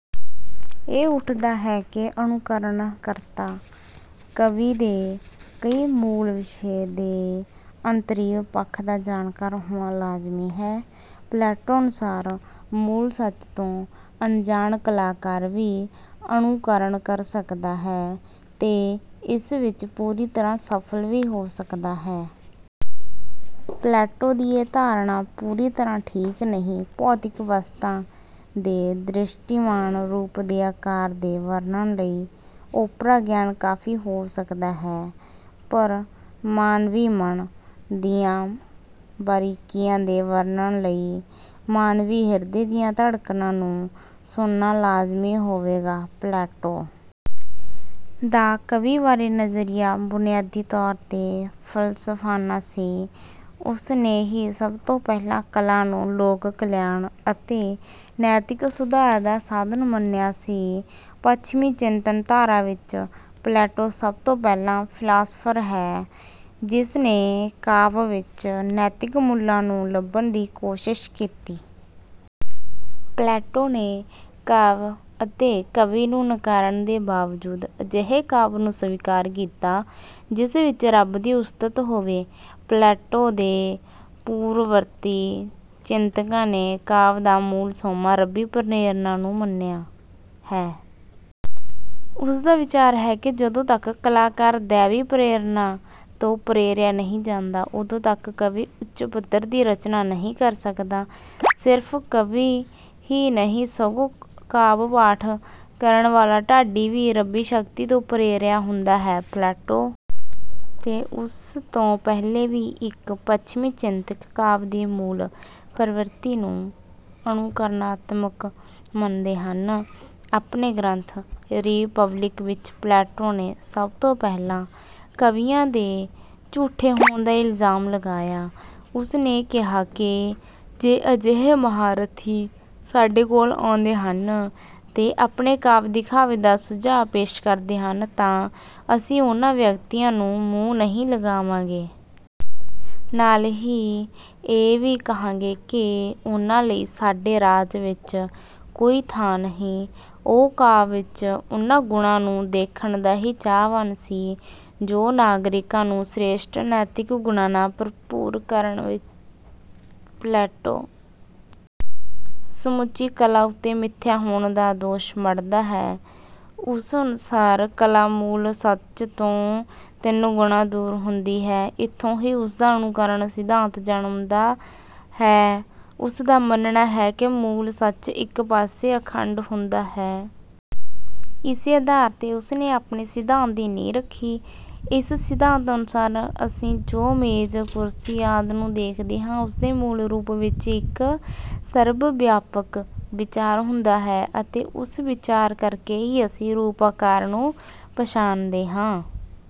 ਇਹ ਉੱਠਦਾ ਹੈ ਕਿ ਅਨੁਕਰਣਕਰਤਾ ਕਵੀ ਦੇ ਲਈ ਮੂਲ ਵਿਸ਼ੇ ਦੇ ਅੰਤਰੀਵ ਪੱਖ ਦਾ ਜਾਣਕਾਰ ਹੋਣਾ ਲਾਜ਼ਮੀ ਹੈ। ਪਲੈਟੋ ਅਨੁਸਾਰ ਮੂਲ ਸੱਚ ਤੋਂ ਅਣਜਾਣ ਕਲਾਕਾਰ ਵੀ ਅਨੁਕਰਣ ਕਰ ਸਕਦਾ ਹੈ ਤੇ ਇਸ ਵਿੱਚ ਪੂਰੀ ਤਰ੍ਹਾਂ ਸਫ਼ਲ ਵੀ ਹੋ ਸਕਦਾ ਹੈ। ਪਲੈਟੋ ਦੀ ਇਹ ਧਾਰਨਾ ਪੂਰੀ ਤਰ੍ਹਾਂ ਠੀਕ ਨਹੀਂ। ਭੌਤਿਕ ਵਸਤਾਂ ਦੇ ਦ੍ਰਿਸ਼ਟੀਮਾਨ ਰੂਪ ਤੇ ਆਕਾਰ ਦੇ ਵਰਣਨ ਲਈ ਓਪਰਾ ਗਿਆਨ ਕਾਫੀ ਹੋ ਸਕਦਾ ਹੈ, ਪਰ ਮਾਨਵੀ ਮਨ ਦੀਆਂ ਬਾਰੀਕੀਆਂ ਦੇ ਵਰਣਨ ਲਈ ਮਾਨਵੀ ਹਿਰਦੇ ਦੀਆਂ ਧੜਕਣਾਂ ਨੂੰ ਸੁਣਨਾ ਲਾਜ਼ਮੀ ਹੋਵੇਗਾ। ਪਲੈਟੋ ਦਾ ਕਾਵਿ ਬਾਰੇ ਨਜ਼ਰੀਆ ਬੁਨਿਆਦੀ ਤੌਰ 'ਤੇ ਫ਼ਲਸਫ਼ਾਨਾ ਸੀ। ਉਸ ਨੇ ਹੀ ਸਭ ਤੋਂ ਪਹਿਲਾਂ ਕਲਾ ਨੂੰ ਲੋਕ ਕਲਿਆਣ ਅਤੇ ਨੈਤਿਕ ਸੁਧਾਰ ਦਾ ਸਾਧਨ ਮੰਨਿਆ ਸੀ। ਪੱਛਮੀ ਚਿੰਤਨ ਧਾਰਾ ਵਿੱਚ ਪਲੈਟੋ ਸਭ ਤੋਂ ਪਹਿਲਾਂ ਫ਼ਿਲਾਸਫਰ ਹੈ, ਜਿਸ ਨੇ ਕਾਵਿ ਵਿੱਚ ਨੈਤਿਕ ਮੁੱਲਾਂ ਨੂੰ ਲੱਭਣ ਦੀ ਕੋਸ਼ਿਸ਼ ਕੀਤੀ। ਪਲੈਟੋ ਨੇ ਕਾਵਿ ਅਤੇ ਕਵੀ ਨੂੰ ਨਕਾਰਨ ਦੇ ਬਾਵਜੂਦ ਅਜਿਹੇ ਕਾਵਿ ਨੂੰ ਸਵੀਕਾਰ ਕੀਤਾ ਜਿਸ ਵਿੱਚ ਰੱਬ ਦੀ ਉਸਤਤ ਹੋਵੇ। ਪਲੈਟੋ ਦੇ ਪੂਰਵਵਰਤੀ ਚਿੰਤਕਾਂ ਨੇ ਕਾਵਿ ਦਾ ਮੂਲ ਸੋਮਾ ਰੱਬੀ ਪ੍ਰੇਰਣਾ ਨੂੰ ਮੰਨਿਆ ਹੈ। ਉਸ ਦਾ ਵਿਚਾਰ ਹੈ ਕਿ ਜਦੋਂ ਤੱਕ ਕਲਾਕਾਰ ਦੈਵੀ ਪ੍ਰੇਰਣਾ ਤੋਂ ਪ੍ਰੇਰਿਆ ਨਹੀਂ ਜਾਂਦਾ, ਉਦੋਂ ਤੱਕ ਕਵੀ ਉੱਚ ਪੱਧਰ ਦੀ ਰਚਨਾ ਨਹੀਂ ਕਰ ਸਕਦਾ। ਸਿਰਫ਼ ਕਵੀ ਹੀ ਨਹੀਂ, ਸਗੋਂ ਕਾਵਿ-ਪਾਠ ਕਰਨ ਵਾਲਾ ਢਾਡੀ ਵੀ ਰੱਬੀ ਸ਼ਕਤੀ ਤੋਂ ਪ੍ਰੇਰਿਆ ਹੁੰਦਾ ਹੈ। ਪਲੈਟੋ ਤੇ ਉਸ ਤੋਂ ਪਹਿਲੇ ਵੀ ਇੱਕ ਪੱਛਮੀ ਚਿੰਤਕ ਕਾਵਿ ਦੀ ਮੂਲ ਪ੍ਰਵਿਰਤੀ ਨੂੰ ਅਨੁਕਰਣਾਤਮਕ ਮੰਨਦੇ ਹਨ। ਆਪਣੇ ਗ੍ਰੰਥ 'ਰੀਪਬਲਿਕ' ਵਿੱਚ ਪਲੈਟੋ ਨੇ ਸਭ ਤੋਂ ਪਹਿਲਾਂ ਕਵੀਆਂ 'ਤੇ ਝੂਠੇ ਹੋਣ ਦਾ ਇਲਜ਼ਾਮ ਲਗਾਇਆ। ਉਸ ਨੇ ਕਿਹਾ ਕਿ ਜੇ ਅਜਿਹੇ ਮਹਾਰਥੀ ਸਾਡੇ ਕੋਲ ਆਉਂਦੇ ਹਨ ਤੇ ਆਪਣੇ ਕਾਵਿ ਦਿਖਾਵੇ ਦਾ ਸੁਝਾਅ ਪੇਸ਼ ਕਰਦੇ ਹਨ ਤਾਂ ਅਸੀਂ ਉਨ੍ਹਾਂ ਵਿਅਕਤੀਆਂ ਨੂੰ ਮੂੰਹ ਨਹੀਂ ਲਗਾਵਾਂਗੇ। ਨਾਲ ਹੀ ਇਹ ਵੀ ਕਹਾਂਗੇ ਕਿ ਉਨ੍ਹਾਂ ਲਈ ਸਾਡੇ ਰਾਜ ਵਿੱਚ ਕੋਈ ਥਾਂ ਨਹੀਂ। ਉਹ ਕਾਵਿ ਵਿੱਚ ਉਨ੍ਹਾਂ ਗੁਣਾਂ ਨੂੰ ਦੇਖਣ ਦਾ ਹੀ ਚਾਹਵਾਨ ਸੀ ਜੋ ਨਾਗਰਿਕਾਂ ਨੂੰ ਸ੍ਰੇਸ਼ਟ ਨੈਤਿਕ ਗੁਣਾਂ ਨਾਲ ਭਰਪੂਰ ਕਰਨ। ਪਲੈਟੋ ਸਮੁੱਚੀ ਕਲਾ ਉੱਤੇ ਮਿੱਥਿਆ ਹੋਣ ਦਾ ਦੋਸ਼ ਮੜ੍ਹਦਾ ਹੈ। ਉਸ ਅਨੁਸਾਰ ਕਲਾ ਮੂਲ ਸੱਚ ਤੋਂ ਤਿੰਨ ਗੁਣਾ ਦੂਰ ਹੁੰਦੀ ਹੈ। ਇੱਥੋਂ ਹੀ ਉਸ ਦਾ ਅਨੁਕਰਨ ਸਿਧਾਂਤ ਜਨਮਦਾ ਹੈ। ਉਸ ਦਾ ਮੰਨਣਾ ਹੈ ਕਿ ਮੂਲ ਸੱਚ ਇੱਕ ਪਾਸੇ ਅਖੰਡ ਹੁੰਦਾ ਹੈ। ਇਸੇ ਆਧਾਰ 'ਤੇ ਉਸ ਨੇ ਆਪਣੇ ਸਿਧਾਂਤ ਦੀ ਨੀਂਹ ਰੱਖੀ। ਇਸ ਸਿਧਾਂਤ ਅਨੁਸਾਰ ਅਸੀਂ ਜੋ ਮੇਜ਼, ਕੁਰਸੀ ਆਦਿ ਨੂੰ ਦੇਖਦੇ ਹਾਂ, ਉਸ ਦੇ ਮੂਲ ਰੂਪ ਵਿੱਚ ਇੱਕ ਸਰਬ-ਵਿਆਪਕ ਵਿਚਾਰ ਹੁੰਦਾ ਹੈ ਅਤੇ ਉਸ ਵਿਚਾਰ ਕਰਕੇ ਹੀ ਅਸੀਂ ਰੂਪ-ਆਕਾਰ ਨੂੰ ਪਛਾਣਦੇ ਹਾਂ।